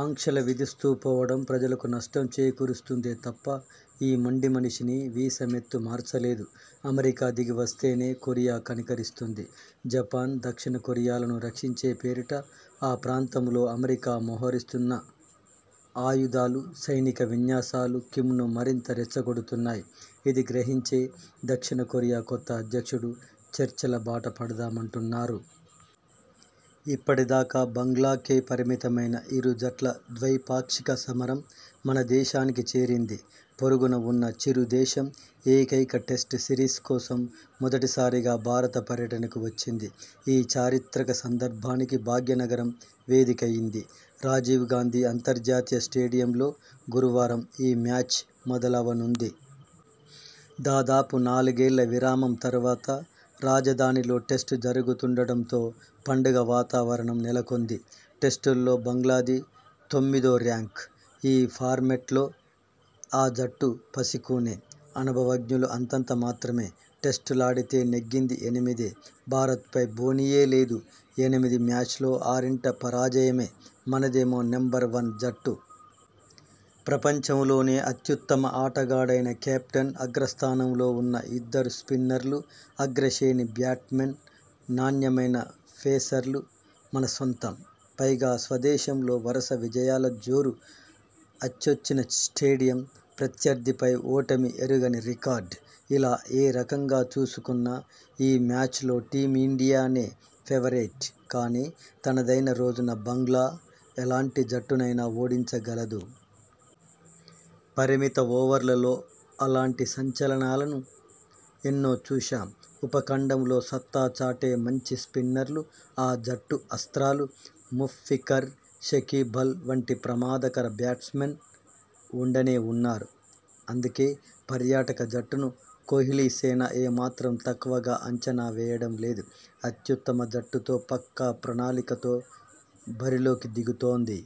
ఆంక్షల విధిస్తూపోవడం ప్రజలకు నష్టం చేకూరుస్తుందే తప్ప ఈ మొండిమనిషిని వీసమెత్తు మార్చలేదు. అమెరికా దిగివస్తేనే కొరియా కనికరిస్తుంది. జపాన్, దక్షిణకొరియాలను రక్షించే పేరిట ఆ ప్రాంతంలో అమెరికా మోహరిస్తున్న ఆయుధాలు, సైనిక విన్యాసాలు కిమ్ను మరింత రెచ్చగొడుతున్నాయి. ఇది గ్రహించే దక్షిణకొరియా కొత్త అధ్యక్షుడు చర్చల బాటపడదామంటున్నారు. ఇప్పటిదాకా బంగ్లాకే పరిమితమైన ఇరు జట్ల 'ద్వైపాక్షిక సమరం' మనదేశానికి చేరింది! పొరుగున ఉన్న చిరు దేశం ఏకైక టెస్టు సిరీస్ కోసం మొదటిసారి భారత పర్యటనకు వచ్చింది. ఈ చారిత్రక సందర్భానికి భాగ్యనగరం వేదికైంది. రాజీవ్ గాంధీ అంతర్జాతీయ స్టేడియంలో గురువారం ఈ మ్యాచ్ మొదలవనుంది. దాదాపు నాలుగేళ్ల విరామం తర్వాత రాజధానిలో టెస్టు జరుగుతుండడంతో పండుగ వాతావరణం నెలకొంది! టెస్టుల్లో బంగ్లాది తొమ్మిదో ర్యాంక్! ఈ ఫార్మాట్లో ఆ జట్టు పసికూనే! అనుభవజ్ఞులు అంతంతమాత్రమే! టెస్టులాడితే నెగ్గింది ఎనిమిదే! భారతపై బోణీయే లేదు! ఎనిమిది మ్యాచ్ల్లో ఆరింట పరాజయమే! మనదేమో నెంబర్ వన్ జట్టు! ప్రపంచంలోనే అత్యుత్తమ ఆటగాడైన కెప్టెన్ అగ్రస్థానంలో ఉన్న ఇద్దరు స్పిన్నర్లు అగ్రశేణి బ్యాట్స్మెన్ నాణ్యమైన పేసర్లు మనసొంతం! పైగా, స్వదేశంలో వరుస విజయాల జోరు అచ్చొచ్చిన స్టేడియం ప్రత్యర్థిపై ఓటమి ఎరుగని రికార్డు! ఇలా ఏరకంగా చూసుకున్నా ఈ మ్యాచ్లో టీమిండియానే ఫేవరెట్! కానీ, తనదైన రోజున బంగ్లా ఎలాంటి జట్టునైనా ఓడించగలదు! పరిమిత ఓవర్లలో అలాంటి సంచలనాలను ఎన్నో చూశాం! ఉపఖండంలో సత్తాచాటే మంచి స్పిన్నర్లు ఆ జట్టు అస్ర్తాలు! ముష్ఫికర్, షకీబల్ వంటి ప్రమాదకర బ్యాట్స్మెన్ ఉండనే ఉన్నారు! అందుకే, పర్యాటక జట్టును కోహ్లీసేన ఏమాత్రం తక్కువగా అంచనా వేయడం లేదు! అత్యుత్తమ జట్టుతో, పక్కా ప్రణాళికతో బరిలోకి దిగుతోంది!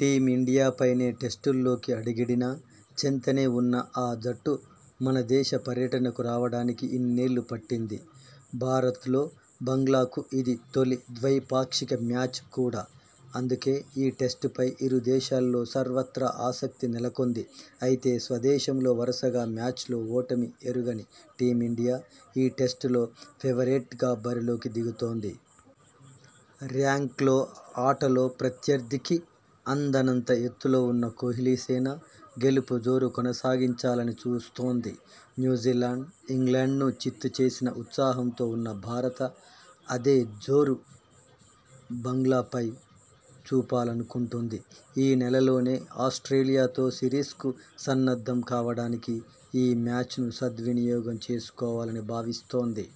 టీమిండియాపైనే టెస్టుల్లోకి అడుగిడినా చెంతనే ఉన్నా ఆ జట్టు మనదేశ పర్యటనకు రావడానికి ఇన్నేళ్లు పట్టింది. భారత్లో బంగ్లాకు ఇది తొలి ద్వైపాక్షిక మ్యాచ్ కూడా. అందుకే, ఈ టెస్టుపై ఇరుదేశాల్లో సర్వత్రా ఆసక్తి నెలకొంది! అయితే, స్వదేశంలో వరుసగా మ్యాచ్ల్లో ఓటమి ఎరుగని టీమిండియా ఈ టెస్టులో ఫేవరెట్గా బరిలోకి దిగుతోంది. ర్యాంక్లో, ఆటలో ప్రత్యర్థికి అందనంత ఎత్తులో ఉన్న కోహ్లీసేన గెలుపు జోరు కొనసాగించాలని చూస్తోంది. న్యూజిలాండ్, ఇంగ్లండ్ను చిత్తు చేసిన ఉత్సాహంతో ఉన్న భారత అదే జోరును బంగ్లాపై చూపాలనుకుంటోంది. ఈ నెలలోనే ఆస్ట్రేలియాతో సిరీస్కు సన్నద్ధం కావడానికి ఈ మ్యాచ్ను సద్వినియోగం చేసుకోవాలని భావిస్తోంది.